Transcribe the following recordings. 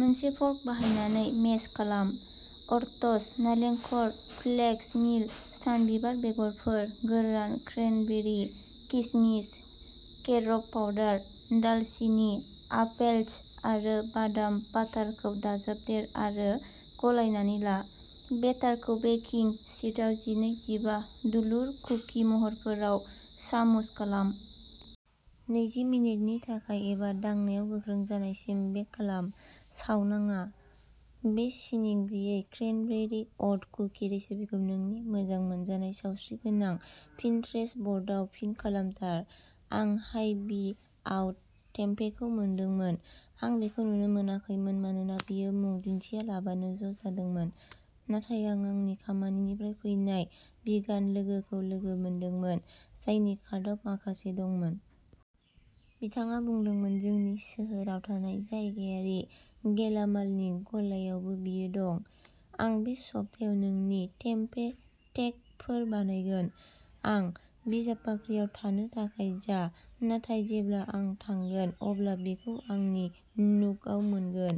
मोनसे फर्क बाहायनानै मेस खालाम। अट्स, नालेंखर, फ्लेक्स मिल, सानबिबार बेगरफोर, गोरान क्रेनबेरि, किसमिस, केरब पाउडार, दालसिनि, आपेलसस आरो बादाम बाटारखौ दाजाबदेर आरो गलायनानै ला। बेटारखौ बेकिं शीटआव जिनै जिबा दुलुर कुकि महरफोराव सामुस खालाम। नैजि मिनिटनि थाखाय एबा दांनायाव गोख्रों जानायसिम बेक खालाम। सावनाङा। बे सिनि गैयै क्रेनबेरि अट कुकि रेसिपिखौ नोंनि मोजां मोनजानाय सावस्रिगोनां पिनट्रेस्ट बर्डआव पिन खालामथार। आं हाइभिआव टेम्पेखौ मोनदोंमोन, आं बेखौ नुनो मोनाखैमोन मानोना बेयो मुं दिन्थियालाबानो ज' जादोंमोन, नाथाय आं आंनि खामानिनिफ्राय फैनाय भिगान लोगोखौ लोगो मोनदोंमोन, जायनि कार्टआव माखासे दंमोन। बिथाङा बुंदोंमोन जोंनि सोहोराव थानाय जायगायारि गेलामालनि गलायावबो बेयो दं, आं बे सप्तायाव नोंनि टेम्पे टेक' फोर बानायगोन। आं बिजाब बाख्रियाव थानो थाखाय जा, नाथाय जेब्ला आं थांगोन अब्ला बेखौ आंनि नुकआव मोनगोन।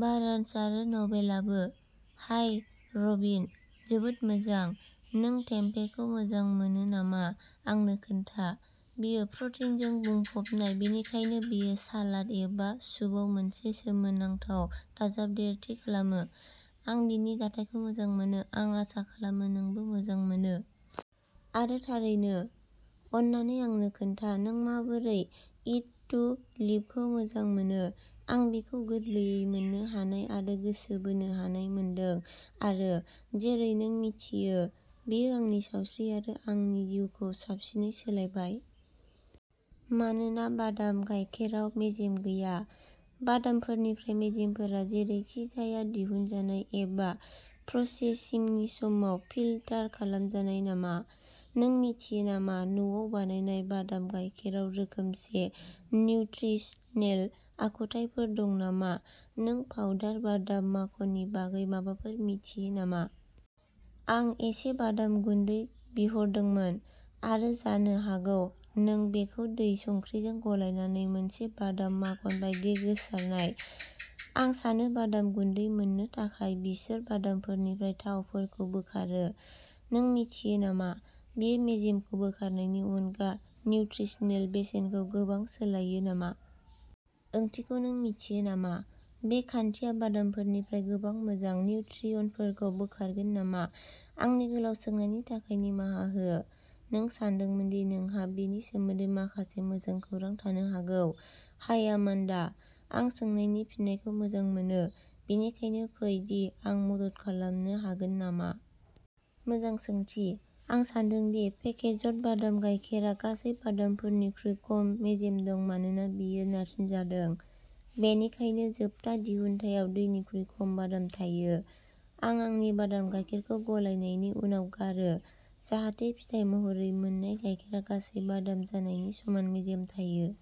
बार्न्स आरो नबेलाबो। हाय रबिन! जोबोद मोजां, नों टेम्पेखौ मोजां मोनो नामा आंनो खोन्था। बेयो प्रटिनजों बुंफबनाय, बेनिखायनो बेयो सालाद एबा सुपआव मोनसे सोमोनांथाव दाजाबदेरथि खालामो। आं बेनि दाथायखौ मोजां मोनो, आं आसा खालामो नोंबो मोजां मोनो। आरो थारैनो, अन्नानै आंनो खोन्था नों माबोरै इट टु लिभखौ मोजां मोनो। आं बेखौ गोरलैयै मोननो हानाय आरो गोसो बोनो हानाय मोनदों आरो, जेरै नों मिथियो, बेयो आंनि सावस्रि आरो आंनि जिउखौ साबसिनै सोलायबाय। मानो बादाम गायखेराव मेजेम गैया? बादामफोरनिफ्राय मेजेमफोरा जेरैखिजाया दिहुनजानाय एबा प्रसेसिंनि समाव फिल्टार खालामजानाय नामा? नों मिन्थियो नामा न'आव बानायनाय बादाम गायखेराव रोखोमसे निउत्रिसनेल आखुथायफोर दं नामा? नों पाउडार बादाम माखननि बागै माबाफोर मिथियो नामा? आं इसे बादाम गुन्दै बिहरदोंमोन, आरो जानो हागौ नों बेखौ दै संख्रिजों गलायनानै मोनसे बादाम माखन बायदि गोसारनाय। आं सानो बादाम गुन्दै मोननो थाखाय बिसोर बादामफोरनिफ्राय थावफोरखौ बोखारो। नों मिन्थियो नामा, बेयो मेजेमखौ बोखारनायनि अनगा निउत्रिसनेल बेसेनखौ गोबां सोलायो नामा? ओंथिखौ नों मिन्थियो नामा, बे खान्थिया बादामफोरनिफ्राय गोबां मोजां निउट्रियन्टफोरखौ बोखारगोन नामा? आंनि गोलाव सोंनायनि थाखाय निमाहा हो, नों सानदोंमोन दि नोंहा बेनि सोमोन्दै माखासे मोजां खौरां थानो हागौ। हाय आमान्डा! आं सोंनायनि फिननायखौ मोजां मोनो, बेनिखायनो फै दि आं मदद खालामनो हागोन नामा। मोजां सोंथि! आं सान्दों दि पेकेज्ड बादाम गायखेरा गासै बादामफोरनिख्रुइ खम मेजेम दं मानोना बेयो नारसिनजादों। बेनिखायनो, जोबथा दिहुनथायाव दैनिख्रुइ खम बादाम थायो। आं आंनि बादाम गायखेरखौ गलायनायनि उनाव गारो, जाहाथे फिथाय महरै मोननाय गायखेरा गासै बादाम जानायनि समान मेजेम थायो।